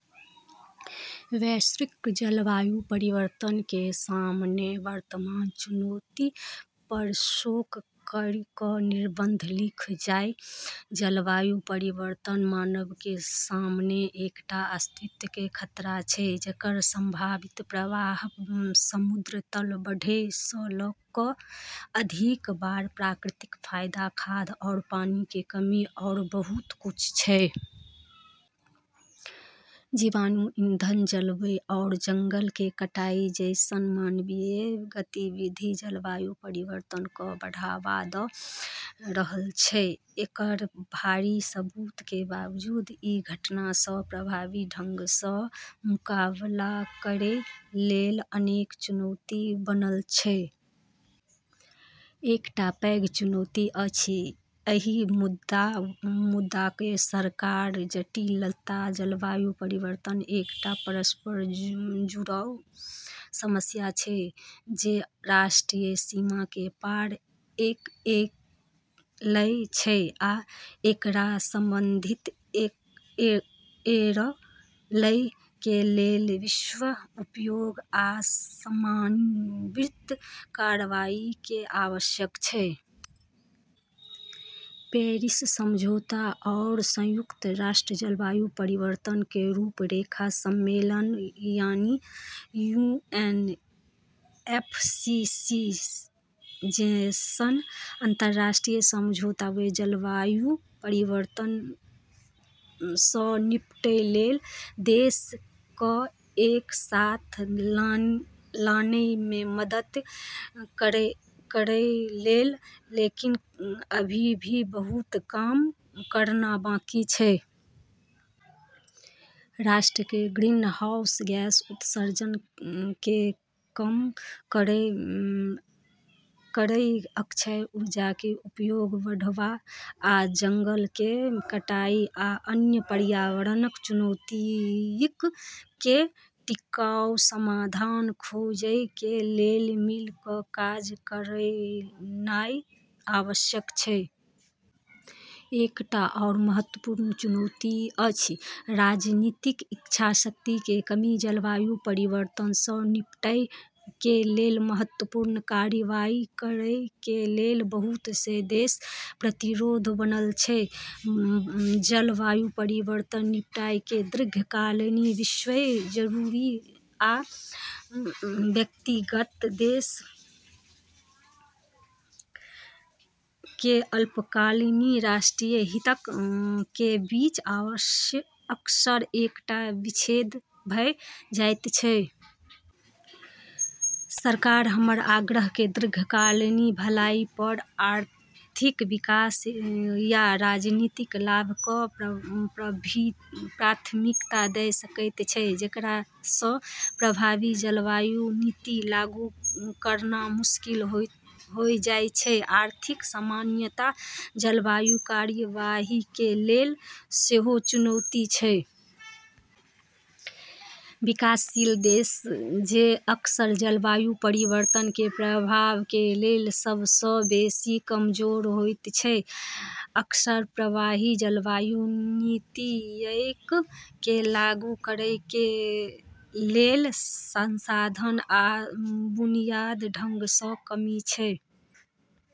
वैश्विक जलवायु परिवर्तन के सामने वर्तमान चुनौतिय प शोध करी क निबंध लिखल जाय जलवायु परिवर्तन मानवता के सामने एकटा अस्तित्व के खतरा छै, जेकर संभावित प्रभाव समुद्र तल बढ़ै स ल क अधिक बार प्राकृतिक आपदा, खाद्य आरू पानी के कमी, आरू बहुत कुछ छै। जीवाश्म ईंधन जलाबै आरू जंगल के कटाई जैसन मानवीय गतिविधि जलवायु परिवर्तन क बढ़ावा द रहल छै। एकर भारी सबूत के बावजूद, ई घटना स प्रभावी ढंग स मुकाबला करै लेली अनेक चुनौती बनल छै। एकटा पैघ चुनौती अछि एहि मुद्दा क सरासर जटिलता। जलवायु परिवर्तन एकटा परस्पर जुड़ल समस्या छै जे राष्ट्रीय सीमा के पार करएयत छै, आ एकरा संबोधित करएय के लेल वैश्विक सहयोग आ समन्वित कार्यवाही के आवश्यकता छै। पेरिस समझौता आरू संयुक्त राष्ट्र जलवायु परिवर्तन के रूपरेखा सम्मेलन यानी यूएनएफसीसीसी जैसन अंतर्राष्ट्रीय समझौता न जलवायु परिवर्तन स निपटै लेली देश क एक साथ लानै मे मदद करलकै, लेकिन अभी भी बहुत काम करना बाकी छै। राष्ट्रक के ग्रीनहाउस गैस उत्सर्जन के कम करय, अक्षय ऊर्जा के उपयोग बढ़ावा, आ जंगलक के कटाई आ अन्य पर्यावरणीय चुनौतियक के टिकाऊ समाधान खोजय के लेल मिल क काज करनाय आवश्यक छै। एकटा आओर महत्वपूर्ण चुनौती अछि राजनीतिक इच्छाशक्ति के कमी। जलवायु परिवर्तन सं निपटय के लेल महत्वपूर्ण कार्रवाई करय के लेल बहुत सं देश प्रतिरोधी बनल छै। जलवायु परिवर्तन सं निपटय के दीर्घकालिक, वैश्विक जरूरत आ व्यक्तिगत देशक के अल्पकालिक, राष्ट्रीय हितक के बीच अक्सर एकटा विच्छेद भ जायत छै। सरकार हमर ग्रह के दीर्घकालिक भलाई प आर्थिक विकास या राजनीतिक लाभ क प्राथमिकता द सकै छै, जेकरा स प्रभावी जलवायु नीति लागू करना मुश्किल होय जाय छै। आर्थिक असमानता जलवायु कार्यवाही के लेल सेहो चुनौती छै। विकासशील देशक, जे अक्सर जलवायु परिवर्तन के प्रभावक के लेल सब सं बेसि कमजोर होयत छै, अक्सर प्रभावी जलवायु नीतियक के लागू करय के लेल संसाधनक आ बुनियादी ढाँचा के कमी छै।